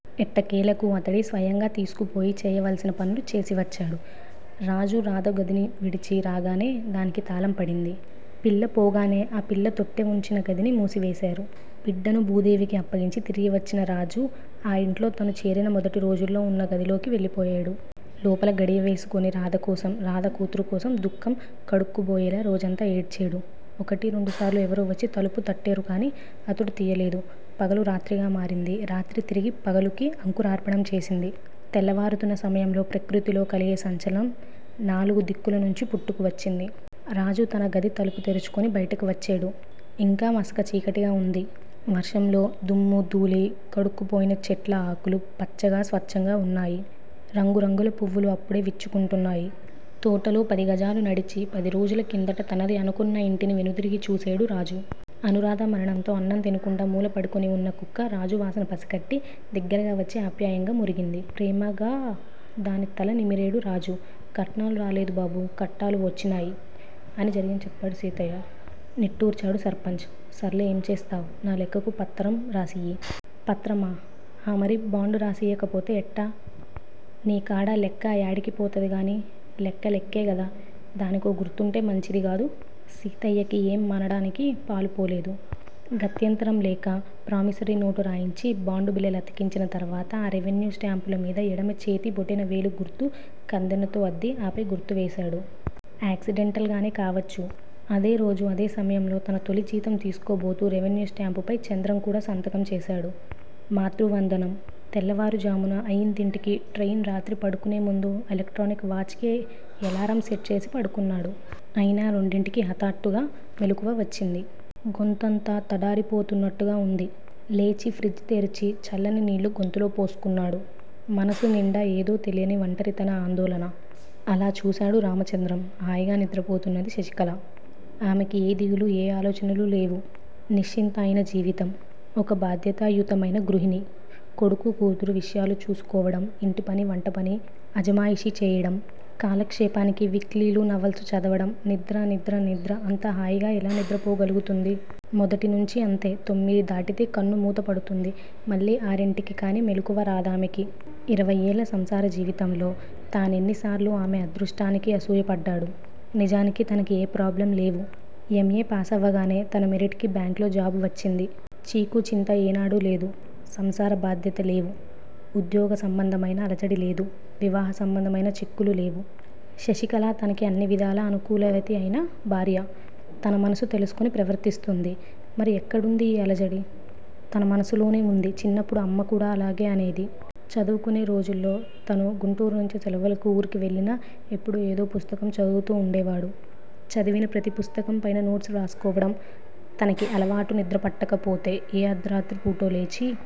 ఎట్టకేలకు అతడే స్వయంగా తీసుకుపోయి చేయవలసిన పనులు చేసివచ్చడు. రాజు రాధ గదిని విడిచి రాగానే దానికి తాళం పడింది. పిల్ల పోగానే ఆ పిల్ల తొట్టె ఉంచిన గదిని మూసివేసేరు. బిడ్డని భూదేవికి అప్పగించి తిరిగి వచ్చిన రాజు ఆ ఇంట్లో తను చేరిన మొదటిరోజుల్లో ఉన్న గదిలోకి వెళ్ళిపోయేడు. లోపల గడియవేసుకొని రాధకోసం, రాధ కూతురు కోసం దుఃఖం కడుక్కుబోయేలా రోజంతా ఏడ్చేడు. ఒకటి రెండుసార్లు ఎవరో వచ్చి తలుపు తట్టేరుకాని అతడు తియ్యలేదు. పగలు రాత్రిగా మారింది. రాత్రి తిరిగి పగలుకి అంకురార్పణం చేసింది. తెల్లవారుతున్న సమయంలో ప్రకృతిలో కలిగే సంచలనం నాలుగు దిక్కులనుంచీ పుట్టుకు వచ్చింది. రాజు తన గది తలుపు తెరుచుకొని బయటికి వచ్చేడు. ఇంకా మసక చీకటిగా ఉంది. వర్షంలో దుమ్మూ, ధూళీ కడుక్కుపోయిన చెట్ల ఆకులు పచ్చగా, స్వచ్చంగా ఉన్నాయి. రంగు రంగుల పువ్వులు అప్పుడే విచ్చుకొంటున్నాయి. తోటలో పదిగజాలు నడిచి, పదిరోజుల కిందట తనది ఆనుకొన్న ఇంటిని వెనుతిరిగి చూసేడు రాజు. అనూరాధ మరణంతో అన్నం తినకుండా మూల పడుకొనిఉన్న కుక్క రాజు వాసన పసికట్టి దగ్గిరగా వచ్చి ఆప్యాయంగా మొరిగింది. ప్రేమగా దాని తల నిమిరేడు రాజు. 'కట్నాలు రాలేదు బాబూ కట్టాలు వోచ్చినాయ్' అని జరిగింది చెప్పాడు సీతయ్య. నిట్టూర్చాడు సర్పంచ్. 'సర్లే! ఏం చేస్తావ్, నా లెక్కకు పత్తరం రాసియ్యి. 'పత్రమా''ఆ మరి బాండు రాసియ్యకపొతే ఎట్టా? నీ కాడా లెక్క యాడికి పోతది గానీ! లెక్క లెక్కే గదా! దానికో గుర్తుంటే మంచిది గాదూ! సీతయ్యకి ఏ మనడానికి పాలుపోలేదు. గత్యంతరం లేక ప్రామిసరీ నోటు రాయించి బాండు బిళ్ళలతికించిన తర్వాత ఆ రెవిన్యూ స్టాంపుల మీద ఎడమ చేతి బొటన వేలు గుర్తు కందెనతో అద్ది ఆపై గుర్తు వేశాడు. యాక్సిడెంటల్ గానే కావచ్చు. అదేరోజు అదే సమయంలో తన తొలి జీతం తిసుకోబోతు రెవిన్యూ స్టాంపు పై చంద్రం కూడా సంతకం చేశాడు. మాతృవందనం. తెల్లవారు ఝామున అయిదింటికి ట్రెయిన్ రాత్రి పడుకునే ముందు ఎలక్ట్రానిక్ వాచ్ కే ఎలారం సెట్ చేసి పడుకున్నాడు. అయినా రెండింటికి హటాత్తుగా మెలకువ వచ్చింది. గొంతంతా తడారిపోతున్నట్టుగా వుంది. లేచి ఫ్రిజ్ తెర్చి చల్లని నీళ్ళు గొంతులో పోసుకున్నాడు. మనస్సు నిండా ఏదో తెలియని ఒంటరితన, ఆందోళన! అలా చూశాడు రామచంద్రం హాయిగా నిద్రపోతున్నది శశికళ. ఆమెకి ఏ దిగులు ఏ ఆలోచనలూ లేవు. నిశ్చింత అయిన జీవితం ఒక భాద్యతాయుతమైన గృహిణి, కొడుకు, కూతురు విషయాలు చూసుకోవటం ఇంటి పని వంటపని అజమాయిషీ చెయ్యటం కాలక్షేపానికి విక్లిలు నవల్సు చదవటం నిద్ర నిద్ర నిద్ర అంత హాయిగా ఎలా నిద్రపోగలుగుతుంది? మొదటి నుంచి అంతే! తొమ్మిది దాటితే కన్ను మూత పడుతుంది మళ్ళీ ఆరింటికి కానీ మెళుకువ రాదామెకి. ఇరవయ్యేళ్ళ సంసార జీవితంలో తానెన్ని సార్లు ఆమె అదృష్టానికి అసుయపడ్డాడు. నిజానికి తనకి ఏ ప్రాబ్లమ్ లేవు. ఎం ఏ పాసవగానే తన మెరిట్ కి బ్యాంక్ లో జాబ్ వచ్చింది. చీకు చింతా ఏనాడూ లేదు. సంసార బాధ్యత లేవు ఉద్యోగ సంబంధమైన అలజడి లేదు. వివాహ సంబంధమైన చిక్కులూ లేవు. శశికళ తనకి అన్నివిధాలా అనుకూలవతి అయిన భార్య. తన మనస్సు తెలుసుకుని ప్రవర్తిస్తుంది. మరి ఎక్కడుంది ఈ అలజడి? తన మనస్సులోనే వుంది చిన్నప్పుడు అమ్మ కూడా అలాగే అనేది. చదువుకునే రోజుల్లో తను గుంటూరు నుంచి సెలవులకి ఊరికి వెళ్ళినా ఎప్పుడూ ఏదో పుస్తకం చదువుతూ వుండేవాడు. చదివిన ప్రతి పుస్తకం పైన నోట్స్ వ్రాసుకోవడం తనకి అలవాటు నిద్రపట్టకపోతే ఏ అర్ధరాత్రి పుటో లేచి